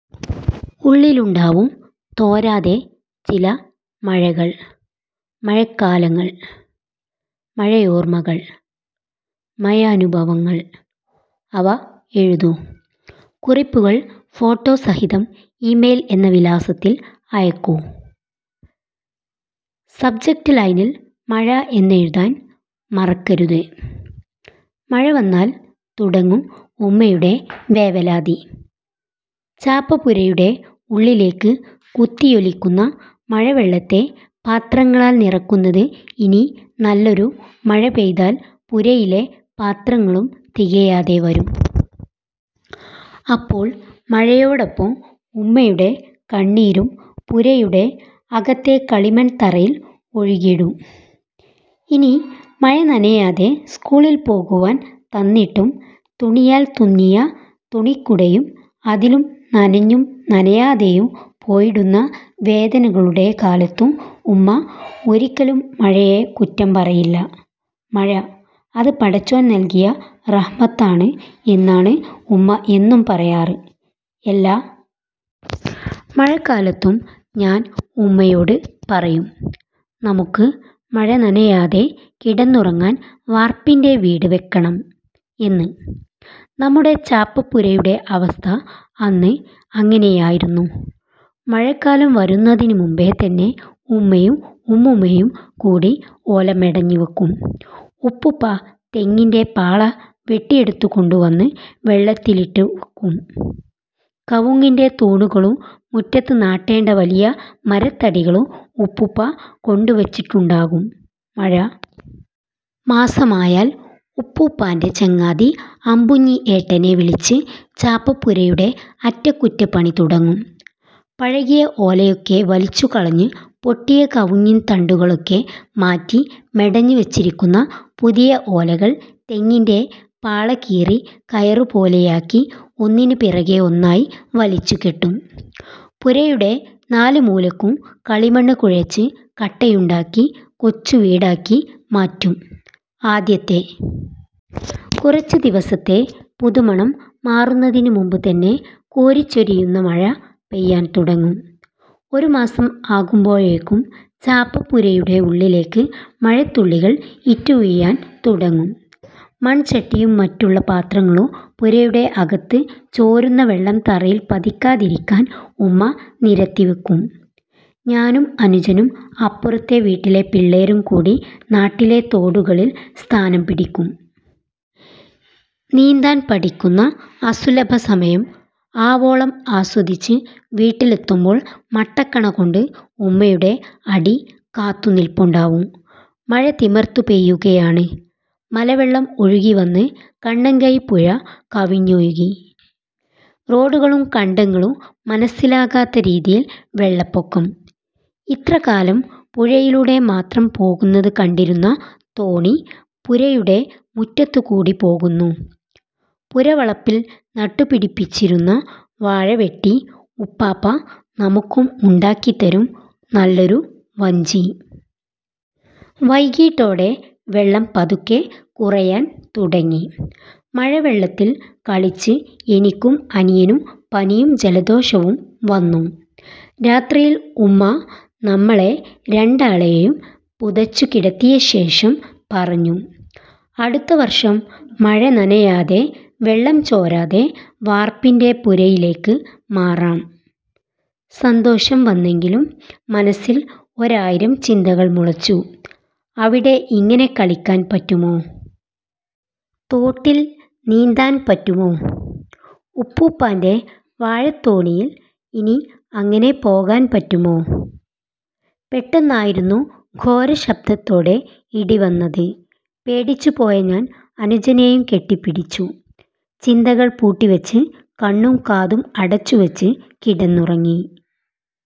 ഉള്ളിലുണ്ടാവും, തോരാതെ ചില മഴകൾ. മഴക്കാലങ്ങൾ. മഴയോർമകൾ. മഴയനുഭവങ്ങൾ. അവ എഴുതൂ. കുറിപ്പുകൾ ഫോട്ടോ സഹിതം ഇമെയിൽ എന്ന വിലാസത്തിൽ അയക്കൂ. സബ്ജക്ട് ലൈനിൽ മഴ എന്നെഴുതാൻ മറക്കരുത്. മഴ വന്നാൽ തുടങ്ങും ഉമ്മയുടെ വേവലാതി. ചാപ്പപുരയുടെ ഉള്ളിലേക്ക് കുത്തിയൊലിക്കുന്ന മഴവെള്ളത്തെ പാത്രങ്ങളാൽ നിറക്കുന്നത് ഇനി നല്ലൊരു മഴ പെയ്താൽ പുരയിലെ പാത്രങ്ങളും തികയാതെ വരും. അപ്പോൾ മഴയോടൊപ്പം ഉമ്മയുടെ കണ്ണീരും പുരയുടെ അകത്തെ കളിമൺ തറയിൽ ഒഴുകിയിടും. ഇനി മഴ നനയാതെ സ്കൂളിൽ പോകുവാൻ തന്നിട്ടും തുണിയാൽ തുന്നിയ തുണിക്കുടയും അതിലും നനഞ്ഞും നനയാതെയും പോയിടുന്ന വേദനകളുടെ കാലത്തും ഉമ്മ ഒരിക്കലും മഴയെ കുറ്റം പറയില്ല. മഴ, അത് പടച്ചോൻ നൽകിയ റഹ്മത്താണ് എന്നാണ് ഉമ്മ എന്നും പറയാറ്. എല്ലാ മഴക്കാലത്തും ഞാൻ ഉമ്മയോട് പറയും. നമുക്ക് മഴ നനയാതെ കിടന്നുറങ്ങാൻ വാർപ്പിൻറെ വീട് വെക്കണം എന്ന്. നമ്മുടെ ചാപ്പപുരയുടെ അവസ്ഥ അന്ന് അങ്ങനെയായിരുന്നു. മഴക്കാലം വരുന്നതിന് മുമ്പേ തന്നെ ഉമ്മയും ഉമ്മുമ്മയും കൂടി ഓല മെടഞ്ഞുവെക്കും. ഉപ്പുപ്പാ തെങ്ങിൻറെ പാള വെട്ടിയെടുത്തുകൊണ്ടുവന്ന് വെള്ളത്തിലിട്ടുവെക്കും. കവുങ്ങിൻറെ തൂണുകളും മുറ്റത്ത് നാട്ടേണ്ട വലിയ മരത്തടികളും ഉപ്പുപ്പാ കൊണ്ടുവച്ചിട്ടുണ്ടാകും. മഴ മാസമായാൽ ഉപ്പുപ്പാൻറെ ചങ്ങാതി അമ്പുഞ്ഞി ഏട്ടനെ വിളിച്ച് ചാപ്പപുരയുടെ അറ്റകുറ്റപ്പണി തുടങ്ങും. പഴകിയ ഓലയൊക്കെ വലിച്ചുകളഞ്ഞ് പൊട്ടിയ കവുങ്ങിൻ തണ്ടുകളൊക്കെ മാറ്റി മെടഞ്ഞുവെച്ചിരിക്കുന്ന പുതിയ ഓലകൾ തെങ്ങിൻറെ പാള കീറി കയറുപോലെയാക്കി ഒന്നിനുപിറകെ ഒന്നായി വലിച്ചുകെട്ടും. പുരയുടെ നാലുമൂലയ്ക്കും കളിമണ്ണ് കുഴച്ച് കട്ടയുണ്ടാക്കി കൊച്ചുവീടാക്കി മാറ്റും. ആദ്യത്തെ കുറച്ചു ദിവസത്തെ പുതുമണം മാറുന്നതിന് മുമ്പേ തന്നെ കോരിച്ചൊരിയുന്ന മഴ പെയ്യാൻ തുടങ്ങും. ഒരു മാസം ആകുമ്പോഴേക്കും ചാപ്പപുരയുടെ ഉള്ളിലേക്ക് മഴത്തുള്ളികൾ ഇറ്റുവീഴാൻ തുടങ്ങും. മൺചട്ടിയും മറ്റുള്ള പാത്രങ്ങളും പുരയുടെ അകത്ത് ചോരുന്ന വെള്ളം തറയിൽ പതിക്കാതിരിക്കാൻ ഉമ്മ നിരത്തിവെക്കും. ഞാനും അനുജനും അപ്പുറത്തെ വീട്ടിലെ പിള്ളേരും കൂടി നാട്ടിലെ തോടുകളിൽ സ്ഥാനം പിടിക്കും. നീന്താൻ പഠിക്കുന്ന അസുലഭ സമയം ആവോളം ആസ്വദിച്ച് വീട്ടിലെത്തുമ്പോൾ മട്ടക്കണ കൊണ്ട് ഉമ്മയുടെ അടി കാത്തുനിൽപ്പുണ്ടാവും. മഴ തിമിർത്തുപെയ്യുകയാണ്. മലവെള്ളം ഒഴുകിവന്ന് കണ്ണങ്കൈ പുഴ കവിഞ്ഞൊഴുകി. റോഡുകളും കണ്ടങ്ങളും മനസ്സിലാകാത്ത രീതിയിൽ വെള്ളപ്പൊക്കം. ഇത്രകാലം പുഴയിലൂടെ മാത്രം പോകുന്നത് കണ്ടിരുന്ന തോണി പുരയുടെ മുറ്റത്തുകൂടി പോകുന്നു. പുരവളപ്പിൽ നട്ടുപിടിപ്പിച്ചിരുന്ന വാഴ വെട്ടി ഉപ്പാപ്പ നമുക്കും ഉണ്ടാക്കിത്തരും, നല്ലൊരു വഞ്ചി. വൈകീട്ടോടെ വെള്ളം പതുക്കെ കുറയാൻ തുടങ്ങി. മഴവെള്ളത്തിൽ കളിച്ച് എനിക്കും അനിയനും പനിയും ജലദോഷവും വന്നു. രാത്രിയിൽ ഉമ്മാ നമ്മളെ രണ്ടാളെയും പുതച്ചുകിടത്തിയശേഷം പറഞ്ഞു. അടുത്ത വർഷം മഴ നനയാതെ, വെള്ളം ചോരാതെ വാർപ്പിൻറെ പുരയിലേക്ക് മാറാം. സന്തോഷം വന്നെങ്കിലും മനസ്സിൽ ഒരായിരം ചിന്തകൾ മുളച്ചു. അവിടെ ഇങ്ങനെ കളിക്കാൻ പറ്റുമോ? തോട്ടിൽ നീന്താൻ പറ്റുമോ? ഉപ്പുപ്പാൻറെ വാഴത്തോണിയിൽ ഇനി അങ്ങനെ പോകാൻ പറ്റുമോ? പെട്ടെന്നായിരുന്നു ഘോരശബ്ദത്തോടെ ഇടി വന്നത്. പേടിച്ചുപോയ ഞാൻ അനുജനെയും കെട്ടിപ്പിടിച്ചു. ചിന്തകൾ പൂട്ടിവെച്ച് കണ്ണും കാതും അടച്ചുവെച്ച് കിടന്നുറങ്ങി.